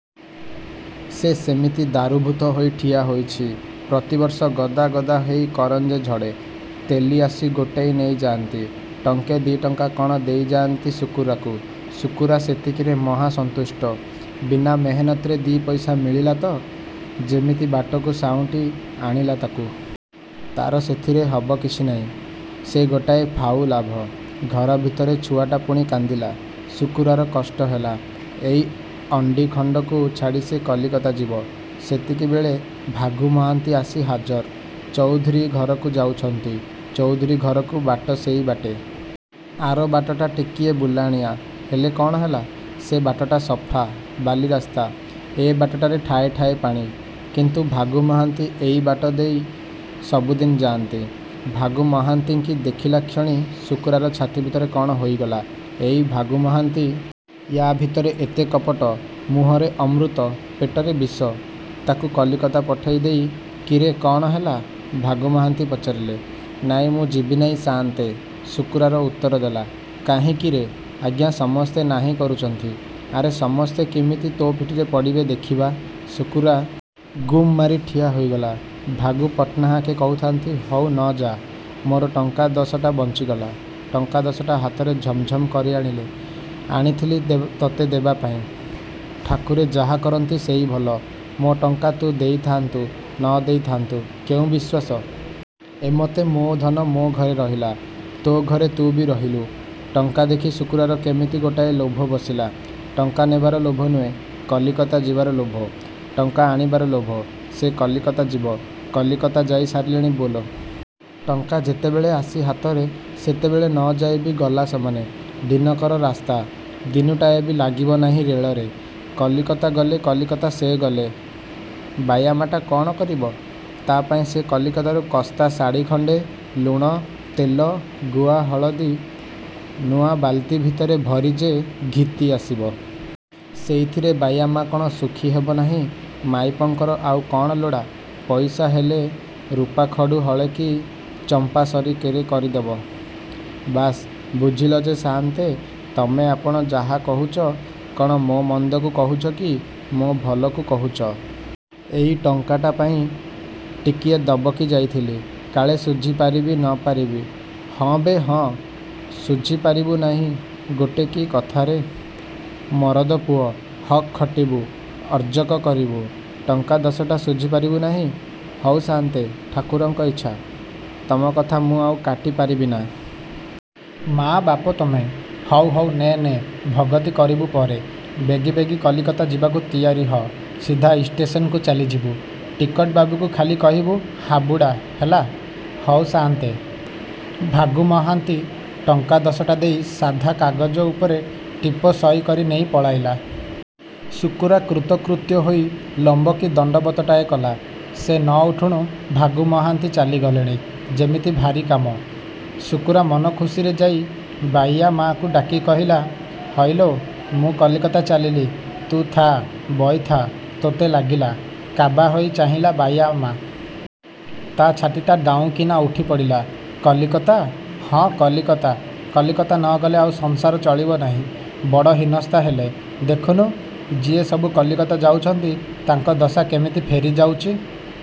ସେ ସେମିତି ଦାରୁଭୂତ ହୋଇ ଠିଆ ହୋଇଛି। ପ୍ରତିବର୍ଷ ଗଦା ଗଦା ହେଇ କରଞ୍ଜ ଝଡ଼େ। ତେଲୀ ଆସି ଗୋଟେଇ ନେଇଯାନ୍ତି। ଟଙ୍କେ, ଦିଟଙ୍କା କ'ଣ ଦେଇଯାଆନ୍ତି ଶୁକୁରାକୁ। ଶୁକୁରା ସେତିକିରେ ମହା ସନ୍ତୁଷ୍ଟ। ବିନା ମେହେନତରେ ଦି' ପଇସା ମିଳିଲା ତ! ଯେମିତି ବାଟକୁ ସାଉଁଟି ଆଣିଲା ତାକୁ। ତା'ର ସେଥିରେ ହବ କିଛି ନାହିଁ। ସେ ଗୋଟାଏ ଫାଉ, ଲାଭ। ଘର ଭିତରେ ଛୁଆଟା ପୁଣି କାନ୍ଦିଲା। ଶୁକୁରାର କଷ୍ଟ ହେଲା। ଏଇ ଅଣ୍ଡିଖଣ୍ଡକୁ ଛାଡ଼ି ସେ କଲିକତା ଯିବ? ସେତିକିବେଳେ ଭାଗୁ ମହାନ୍ତି ଆସି ହାଜର। ଚଉଧୁରୀ ଘରକୁ ଯାଉଛନ୍ତି। ଚୌଧୁରୀ ଘରକୁ ବାଟ ସେଇ ବାଟେ। ଆର ବାଟଟା ଟିକିଏ ବୁଲାଣିଆ। ହେଲେ କ'ଣ ହେଲା? ସେ ବାଟଟା ସଫା, ବାଲିରାସ୍ତା। ଏ ବାଟଟାରେ ଠାଏ ଠାଏ ପାଣି। କିନ୍ତୁ ଭାଗୁ ମହାନ୍ତି ଏଇ ବାଟ ଦେଇ ସବୁଦିନ ଯାଆନ୍ତି। ଭାଗୁ ମହାନ୍ତିଙ୍କି ଦେଖିଲାକ୍ଷଣି ଶୁକୁରାର ଛାତି ଭିତରେ କଣ ହୋଇଗଲା। ଏଇ ଭାଗୁ ମହାନ୍ତି। ୟା ଭିତରେ ଏତେ କପଟ। ମୁହଁରେ ଅମୃତ, ପେଟରେ ବିଷ। ତାକୁ କଲିକତା ପଠେଇ ଦେଇ କିରେ, କଣ ହେଲା? ଭାଗୁ ମହାନ୍ତି ପଚାରିଲେ। ନାଇଁ, ମୁଁ ଯିବି ନାହିଁ ସାଆନ୍ତେ। ଶୁକୁରାର ଉତ୍ତର ଦେଲା। କାହିଁକିରେ? ଆଜ୍ଞା, ସମସ୍ତେ ନାହିଁ କରୁଚନ୍ତି। ଆରେ, ସମସ୍ତେ କିମିତି ତୋ ପିଠିରେ ପଡ଼ିବେ ଦେଖିବା। ଶୁକୁରା ଗୁମ୍ ମାରି ଠିଆ ହୋଇଗଲା। ଭାଗୁ ପଟ୍ଟନାହାକେ କହୁଥାନ୍ତି ହଉ, ନ ଯା। ମୋର ଟଙ୍କା ଦଶଟା ବଞ୍ଚିଗଲା। ଟଙ୍କା ଦଶଟା ହାତରେ ଝମଝମ୍ କରି ଆଣିଲେ ଆଣିଥିଲି ଦ ତତେ ଦେବାପାଇଁ। ଠାକୁରେ ଯାହା କରନ୍ତି ସେଇ ଭଲ। ମୋ ଟଙ୍କା ତୁ ଦେଇଥାଆନ୍ତୁ, ନ ଦେଇଥାନ୍ତୁ କେଉଁ ବିଶ୍ୱାସ! ଏମତେ ମୋ ଧନ ମୋ ଘରେ ରହିଲା। ତୋ ଘରେ ତୁ ବି ରହିଲୁ। ଟଙ୍କା ଦେଖି ଶୁକୁରାର କେମିତି ଗୋଟାଏ ଲୋଭ ବସିଲା। ଟଙ୍କା ନେବାର ଲୋଭ ନୁହେଁ, କଲିକତା ଯିବାର ଲୋଭ। ଟଙ୍କା ଆଣିବାର ଲୋଭ। ସେ କଲିକତା ଯିବ। କଲିକତା ଯାଇ ସାରିଲାଣି ବୋଲ। ଟଙ୍କା ଯେତେବେଳେ ଆସି ହାତରେ, ସେତେବେଳେ ନ ଯାଇବି ଗଲା ସମାନେ। ଦିନକର ରାସ୍ତା । ଦିନୁଟାଏବି ଲାଗିବ ନାହିଁ ରେଳରେ। କଲିକତା ଗଲେ କଲିକତା ସେ ଗଲେ, ବାୟାମାଟା କଣ କରିବ? ତା'ପାଇଁ ସେ କଲିକତାରୁ କସ୍ତା ଶାଢ଼ି ଖଣ୍ଡେ, ଲୁଣ, ତେଲ, ଗୁଆ, ହଳଦି ନୂଆ ବାଲିତି ଭିତରେ ଭରି ଯେ ଘିତି ଆସିବ। ସେଇଥିରେ ବାଇୟା ମା କ'ଣ ସୁଖୀ ହେବ ନାହିଁ? ମାଇପଙ୍କର ଆଉ କ'ଣ ଲୋଡ଼ା? ପଇସା ହେଲେ ରୁପାଖଡ଼ୁ ହଳେ କି ଚମ୍ପାସରି କେରେ କରିଦବ। ବାସ୍! ବୁଝିଲ ଯେ ସାଆନ୍ତେ, ତମେ ଆପଣ ଯାହା କହୁଚ, କ'ଣ ମୋ ମନ୍ଦକୁ କହୁଚ କି? ମୋ ଭଲକୁ କହୁଚ। ଏଇ ଟଙ୍କାଟା ପାଇ ଟିକିଏ ଦବକି ଯାଇଥିଲି। କାଳେ ଶୁଝି ପାରିବି, ନ ପାରିବି। ହଁ ବେ, ହଁ। ଶୁଝି ପାରିବୁ ନାହିଁ ଗୋଟେ କି କଥାରେ! ମରଦପୁଅ, ହକ୍ ଖଟିବୁ, ଅର୍ଜକ କରିବୁ, ଟଙ୍କା ଦଶଟା ଶୁଝିପାରିବୁ ନାହିଁ? ହଉ ସାଆନ୍ତେ, ଠାକୁରଙ୍କ ଇଚ୍ଛା। ତମକଥା ମୁଁ ଆଉ କାଟି ପାରିବିନା? ମା ବାପ ତମେ। ହଉ, ହଉ, ନେ, ନେ। ଭଗତି କରିବୁ ପରେ। ବେଗି ବେଗି କଲିକତା ଯିବାକୁ ତିଆରି ହ। ସିଧା ଇଷ୍ଟେସନକୁ ଚାଲିଯିବୁ। ଟିକଟବାବୁକୁ ଖାଲି କହିବୁ ହାବୁଡ଼ା, ହେଲା? ହଉ ସାଆନ୍ତେ। ଭାଗୁ ମହାନ୍ତି ଟଙ୍କା ଦଶଟା ଦେଇ ସାଧା କାଗଜ ଉପରେ ଟିପ ସଇ କରି ନେଇ ପଳାଇଲା। ଶୁକୁରା କୃତକୃତ୍ୟ ହୋଇ ଲମ୍ବକି ଦଣ୍ଡବତଟାଏ କଲା। ସେ ନ ଉଠୁଣୁ ଭାଗୁ ମହାନ୍ତି ଚାଲିଗଲେଣି, ଯେମିତି ଭାରି କାମ! ଶୁକୁରା ମନ ଖୁସିରେ ଯାଇ ବାଇୟା ମାକୁ ଡାକି କହିଲା ହଇଲୋ, ମୁଁ କଲିକତା ଚାଲିଲି। ତୁ ଥା, ବଇଥା ତୋତେ ଲାଗିଲା। କାବା ହେଇ ଚାହିଁଲା ବାଇୟାମା! ତା ଛାତିଟା ଦାଉଁ କିନା ଉଠି ପଡ଼ିଲା। କଲିକତା?ହଁ, କଲିକତା। କଲିକତା ନ ଗଲେ ଆଉ ସଂସାର ଚଳିବ ନାହିଁ। ବଡ଼ ହୀନସ୍ତା ହେଲେ। ଦେଖୁନୁ, ଯିଏ ସବୁ କଲିକତା ଯାଉଚନ୍ତି, ତାଙ୍କ ଦଶା କେମିତି ଫେରି ଯାଉଚି।